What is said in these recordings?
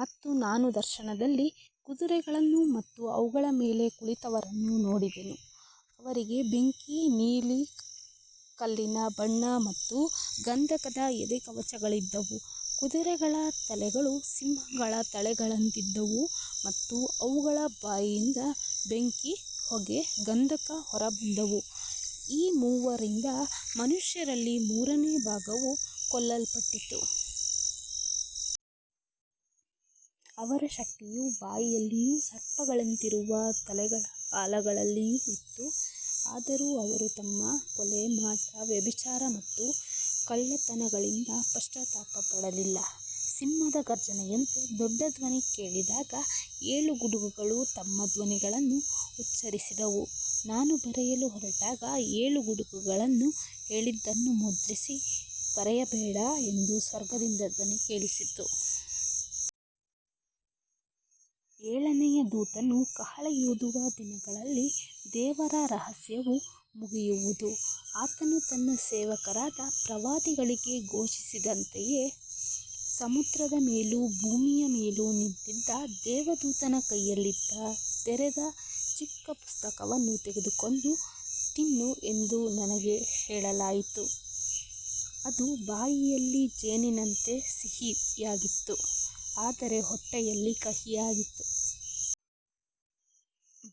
ಮತ್ತು ನಾನು ದರ್ಶನದಲ್ಲಿ ಕುದುರೆಗಳನ್ನು ಮತ್ತು ಅವುಗಳ ಮೇಲೆ ಕುಳಿತವರನ್ನು ನೋಡಿದೆನು. ಅವರಿಗೆ ಬೆಂಕಿ, ನೀಲಿ ಕಲ್ಲಿನ ಬಣ್ಣ ಮತ್ತು ಗಂಧಕದ ಎದೆಕವಚಗಳಿದ್ದವು. ಕುದುರೆಗಳ ತಲೆಗಳು ಸಿಂಹಗಳ ತಲೆಗಳಂತಿದ್ದವು ಮತ್ತು ಅವುಗಳ ಬಾಯಿಂದ ಬೆಂಕಿ, ಹೊಗೆ ಮತ್ತು ಗಂಧಕ ಹೊರಬಂದವು. ಈ ಮೂರರಿಂದ ಮನುಷ್ಯರಲ್ಲಿ ಮೂರನೇ ಭಾಗವು ಕೊಲ್ಲಲ್ಪಟ್ಟಿತು. ಅವರ ಶಕ್ತಿಯು ಬಾಯಲ್ಲಿಯೂ ಸರ್ಪಗಳಂತಿರುವ ತಲೆಗಳ ಬಾಲಗಳಲ್ಲಿಯೂ ಇತ್ತು. ಆದರೂ ಅವರು ತಮ್ಮ ಕೊಲೆ, ಮಾಟ, ವ್ಯಭಿಚಾರ ಮತ್ತು ಕಳ್ಳತನಗಳಿಗಾಗಿ ಪಶ್ಚಾತ್ತಾಪಪಡಲಿಲ್ಲ. ಸಿಂಹದ ಘರ್ಜನೆಯಂತೆ ದೊಡ್ಡ ಧ್ವನಿ ಕೇಳಿದಾಗ ಏಳು ಗುಡುಗುಗಳು ತಮ್ಮ ಧ್ವನಿಗಳನ್ನು ಉಚ್ಚರಿಸಿದವು. ನಾನು ಬರೆಯಲು ಹೊರಟಾಗ, ಏಳು ಗುಡುಗುಗಳು ಹೇಳಿದ್ದನ್ನು ಮುದ್ರಿಸಿ ಬರೆಯಬೇಡ ಎಂದು ಸ್ವರ್ಗದಿಂದ ಧ್ವನಿ ಕೇಳಿಸಿತು. ಏಳನೆಯ ದೂತನು ಕಹಳೆ ಊದುವ ದಿನಗಳಲ್ಲಿ ದೇವರ ರಹಸ್ಯವು ಮುಗಿಯುವುದು, ಆತನು ತನ್ನ ಸೇವಕರಾದ ಪ್ರವಾದಿಗಳಿಗೆ ಘೋಷಿಸಿದಂತೆಯೇ. ಸಮುದ್ರದ ಮೇಲೂ ಭೂಮಿಯ ಮೇಲೂ ನಿಂತಿದ್ದ ದೇವದೂತನ ಕೈಯಲ್ಲಿದ್ದ ತೆರೆದ ಚಿಕ್ಕ ಪುಸ್ತಕವನ್ನು ತೆಗೆದುಕೊಂಡು ತಿನ್ನು ಎಂದು ನನಗೆ ಹೇಳಲಾಯಿತು. ಅದು ಬಾಯಲ್ಲಿ ಜೇನಿನಂತೆ ಸಿಹಿಯಾಗಿತ್ತು, ಆದರೆ ಹೊಟ್ಟೆಯಲ್ಲಿ ಕಹಿಯಾಯಿತು.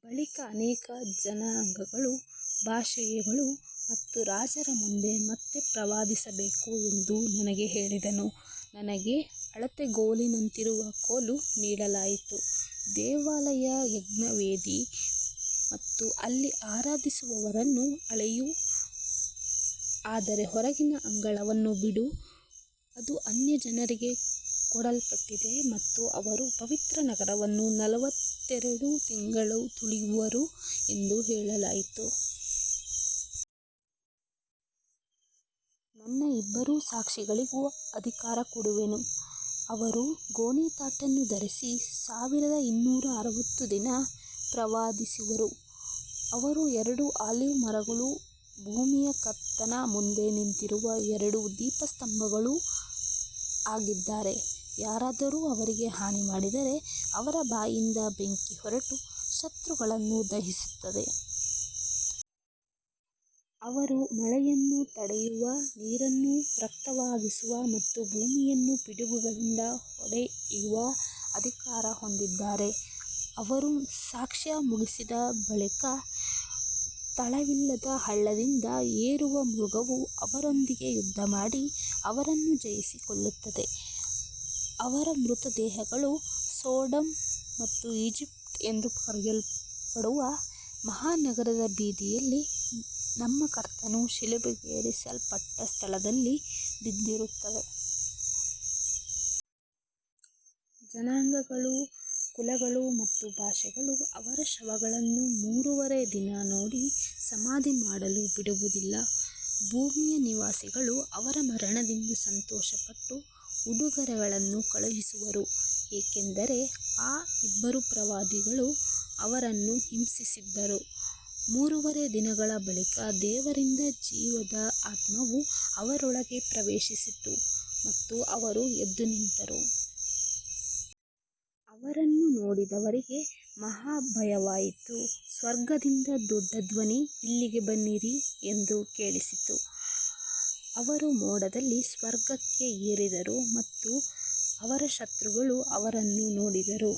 ಬಳಿಕ ಅನೇಕ ಜನಾಂಗಗಳು, ಭಾಷೆಗಳು ಮತ್ತು ರಾಜರ ಮುಂದೆ ಮತ್ತೆ ಪ್ರವಾದಿಸಬೇಕು ಎಂದು ನನಗೆ ಹೇಳಿದನು. ನನಗೆ ಅಳತೆಗೋಲಿನಂತಿರುವ ಕೋಲು ನೀಡಲಾಯಿತು. ದೇವಾಲಯ, ಯಜ್ಞವೇದಿ ಮತ್ತು ಅಲ್ಲಿ ಆರಾಧಿಸುವವರನ್ನು ಅಳೆಯು, ಆದರೆ ಹೊರಗಿನ ಅಂಗಳವನ್ನು ಬಿಡು, ಅದು ಅನ್ಯಜನರಿಗೆ ಕೊಡಲ್ಪಟ್ಟಿದೆ ಮತ್ತು ಅವರು ಪವಿತ್ರ ನಗರವನ್ನು ನಲವತ್ತೆರಡು ತಿಂಗಳು ತುಳಿಯುವರು ಎಂದು ಹೇಳಲಾಯಿತು. ನನ್ನ ಇಬ್ಬರು ಸಾಕ್ಷಿಗಳಿಗೆ ಅಧಿಕಾರ ಕೊಡುವೆನು. ಅವರು ಗೋಣಿತಟ್ಟನ್ನು ಧರಿಸಿ ಸಾವಿರದ ಇನ್ನೂರ ಅರವತ್ತು ದಿನ ಪ್ರವಾದಿಸುವರು. ಅವರು ಎರಡು ಆಲಿವ್ ಮರಗಳೂ ಭೂಮಿಯ ಕರ್ತನ ಮುಂದೆ ನಿಂತಿರುವ ಎರಡು ದೀಪಸ್ತಂಭಗಳೂ ಆಗಿದ್ದಾರೆ. ಯಾರಾದರೂ ಅವರಿಗೆ ಹಾನಿಮಾಡಿದರೆ ಅವರ ಬಾಯಿಂದ ಬೆಂಕಿ ಹೊರಟು ಶತ್ರುಗಳನ್ನು ದಹಿಸುತ್ತದೆ. ಅವರು ಮಳೆಯನ್ನು ತಡೆಯುವ, ನೀರನ್ನು ರಕ್ತವಾಗಿಸುವ ಮತ್ತು ಭೂಮಿಯನ್ನು ಪಿಡುಗುಗಳಿಂದ ಹೊಡೆಯುವ ಅಧಿಕಾರ ಹೊಂದಿದ್ದಾರೆ. ಅವರು ಸಾಕ್ಷ್ಯ ಮುಗಿಸಿದ ಬಳಿಕ ತಳವಿಲ್ಲದ ಹಳ್ಳದಿಂದ ಏರುವ ಮೃಗವು ಅವರೊಂದಿಗೆ ಯುದ್ಧಮಾಡಿ ಅವರನ್ನು ಜಯಿಸಿ ಕೊಲ್ಲುತ್ತದೆ. ಅವರ ಮೃತದೇಹಗಳು ಸೊಡೊಮ್ ಮತ್ತು ಈಜಿಪ್ಟ್ ಎಂದು ಕರೆಯಲ್ಪಡುವ ಮಹಾನಗರದ ಬೀದಿಯಲ್ಲಿ, ನಮ್ಮ ಕರ್ತನು ಶಿಲುಬೆಗೇರಿಸಲ್ಪಟ್ಟ ಸ್ಥಳದಲ್ಲಿ, ಬಿದ್ದಿರುತ್ತವೆ. ಜನಾಂಗಗಳು, ಕುಲಗಳು ಮತ್ತು ಭಾಷೆಗಳು ಅವರ ಶವಗಳನ್ನು ಮೂರೂವರೆ ದಿನ ನೋಡಿ ಸಮಾಧಿ ಮಾಡಲು ಬಿಡುವುದಿಲ್ಲ. ಭೂಮಿಯ ನಿವಾಸಿಗಳು ಅವರ ಮರಣದಿಂದ ಸಂತೋಷಪಟ್ಟು ಉಡುಗೊರೆಗಳನ್ನು ಕಳುಹಿಸುವರು, ಏಕೆಂದರೆ ಆ ಇಬ್ಬರು ಪ್ರವಾದಿಗಳು ಅವರನ್ನು ಹಿಂಸಿಸಿದ್ದರು. ಮೂರೂವರೆ ದಿನಗಳ ಬಳಿಕ ದೇವರಿಂದ ಜೀವದ ಆತ್ಮವು ಅವರೊಳಗೆ ಪ್ರವೇಶಿಸಿತು ಮತ್ತು ಅವರು ಎದ್ದು ನಿಂತರು. ಅವರನ್ನು ನೋಡಿದವರಿಗೆ ಮಹಾಭಯವಾಯಿತು. ಸ್ವರ್ಗದಿಂದ ದೊಡ್ಡ ಧ್ವನಿ, ಇಲ್ಲಿಗೆ ಬನ್ನಿರಿ, ಎಂದು ಕೇಳಿಸಿತು. ಅವರು ಮೋಡದಲ್ಲಿ ಸ್ವರ್ಗಕ್ಕೆ ಏರಿದರು ಮತ್ತು ಅವರ ಶತ್ರುಗಳು ಅವರನ್ನು ನೋಡಿದರು.